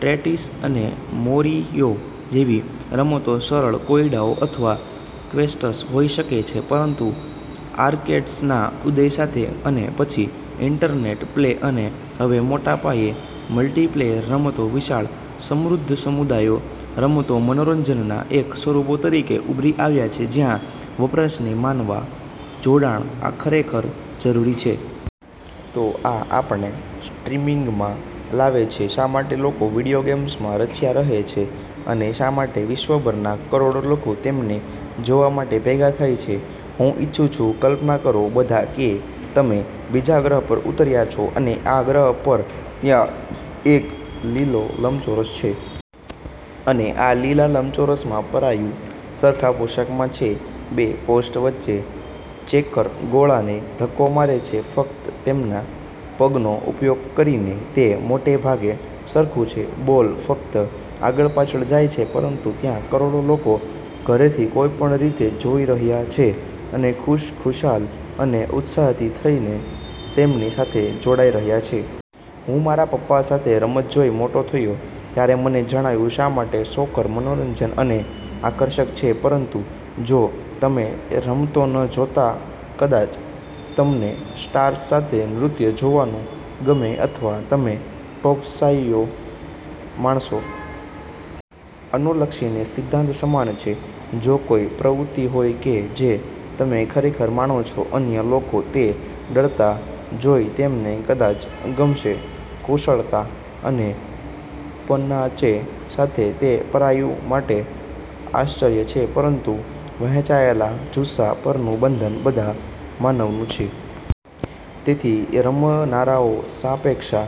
Tetris અને "Mario" જેવી રમતો સરળ કોયડાઓ અથવા ક્વેસ્ટ્સ હોઈ શકે છે પરંતુ આર્કેડ્સના ઉદય સાથે અને પછી ઇન્ટરનેટ પ્લે, અને હવે મોટા પાયે મલ્ટિપ્લેયર રમતો વિશાળ, સમૃદ્ધ સમુદાયો, રમતો મનોરંજનના એક સ્વરૂપ તરીકે ઉભરી આવ્યા છે જ્યાં વપરાશને માનવ જોડાણ ખરેખર જરૂરી છે. તો આ આપણને સ્ટ્રીમિંગમાં લાવે છે. શા માટે લોકો વિડિઓ ગેમ્સમા રચ્યા રહે છે? અને શા માટે વિશ્વભરના કરોડો લોકો તેમને જોવા માટે ભેગા થાય છે? હું ઇચ્છું છું કલ્પના કરો બધા કે તમે બીજા ગ્રહ પર ઉતર્યા છો અને આ ગ્રહ પર ત્યાં એક વિશાળ લીલો લંબચોરસ છે. અને આ લીલા લંબચોરસમાં પરાયું સરખા પોશાકમાં છે. બે પોસ્ટ વચ્ચે ચેકર ગોળાને ધક્કો મારે છે ફક્ત તેમના પગનો ઉપયોગ કરીને. તે મોટેભાગે સરખું છે, બોલ ફક્ત આગળ-પાછળ જાય છે. પરંતુ ત્યાં કરોડો લોકો ઘરેથી કોઈપણ રીતે જોઈ રહ્યાં છે, અને ખુશખુશાલ અને ઉત્સાહિત થઈ તેમની સાથે જોડાઈ રહ્યા છે. હું મારા પપ્પા સાથે રમત જોઈ મોટો થયો છું. ત્યારે મને જણાયું શા માટે સોકર મનોરંજક અને આકર્ષક છે. પરંતુ જો તમે રમતો ન જોતા, કદાચ તમને "સ્ટાર્સ સાથે નૃત્ય" જોવાનું ગમે અથવા તમે "ટોપ રસોઇયા" માણો. અનુલક્ષીને સિદ્ધાંત સમાન છે. જો કોઈ પ્રવૃત્તિ હોય કે જે તમે ખરેખર માણો છો, અન્ય લોકો તે કરતા જોઈ તમેને કદાચ ગમશે કુશળતા અને પનાચે સાથે. તે પરાયું માટે આશ્ચર્ય છે પરંતુ વહેંચાયેલ જુસ્સા પરનું બંધન બધા માનવનું છે. તેથી રમનારાઓ અપેક્ષા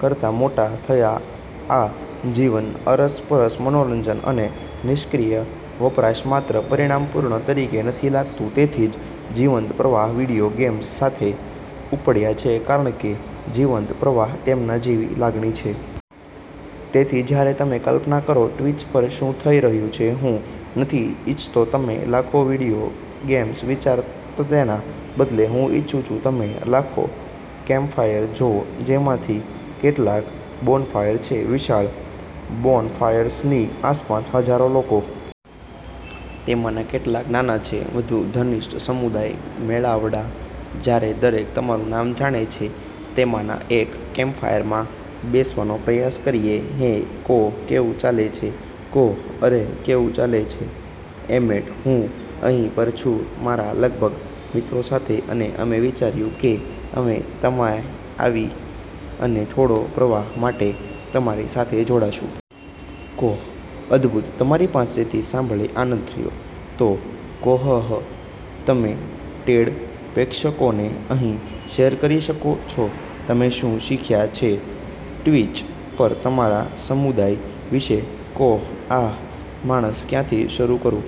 કરતા મોટા થયા આ જીવંત, અરસપરસ મનોરંજન, અને નિષ્ક્રિય વપરાશ માત્ર પરિપૂર્ણ તરીકે નથી લાગતું. તેથી જ જીવંત પ્રવાહ વિડિઓ ગેમ્સ સાથે ઉપડ્યા છે કારણ કે જીવંત પ્રવાહ તેના જેવી લાગણી છે. તેથી જ્યારે તમે કલ્પના કરો ટ્વિચ પર શું થઈ રહ્યું છે, હું નથી ઇચ્છતો તમે લાખો વિડિઓ ગેમ્સ વિચારો. તેના બદલે, હું ઇચ્છુ તમે લાખો કેમ્પફાયર જોવો. તેમાંથી કેટલાક બોનફાયર છે વિશાળ, બોનફાયર્સની આસપાસ હજારો લોકો. તેમાંના કેટલાક નાના છે, વધુ ઘનિષ્ઠ સમુદાય મેળાવડા જ્યાં દરેક તમારું નામ જાણે છે. તેમાંના એક કેમ્પફાયરમા બેસવાનો પ્રયાસ કરીએ હે કોહ, કેવું ચાલે છે? કોહ: અરે, કેવું ચાલે છે, એમેટ? હું અહીં પર છું મારા લગભગ મિત્રો સાથે અને અમે વિચાર્યું કે અમે આવી અને થોડો પ્રવાહ માટે તમારી સાથે જોડાશું. કોહ: અદ્ભુત! તમારી પાસેથી સાંભળી આનંદ થયો. તો કોહહ, તમે ટેડ પ્રેક્ષકોને અહી શેર કરી શકો છો. તમે શું શીખ્યા છે ટ્વિચ પર તમારા સમુદાય વિશે? કોહ: આહ, માણસ, ક્યાંથી શરૂ કરું?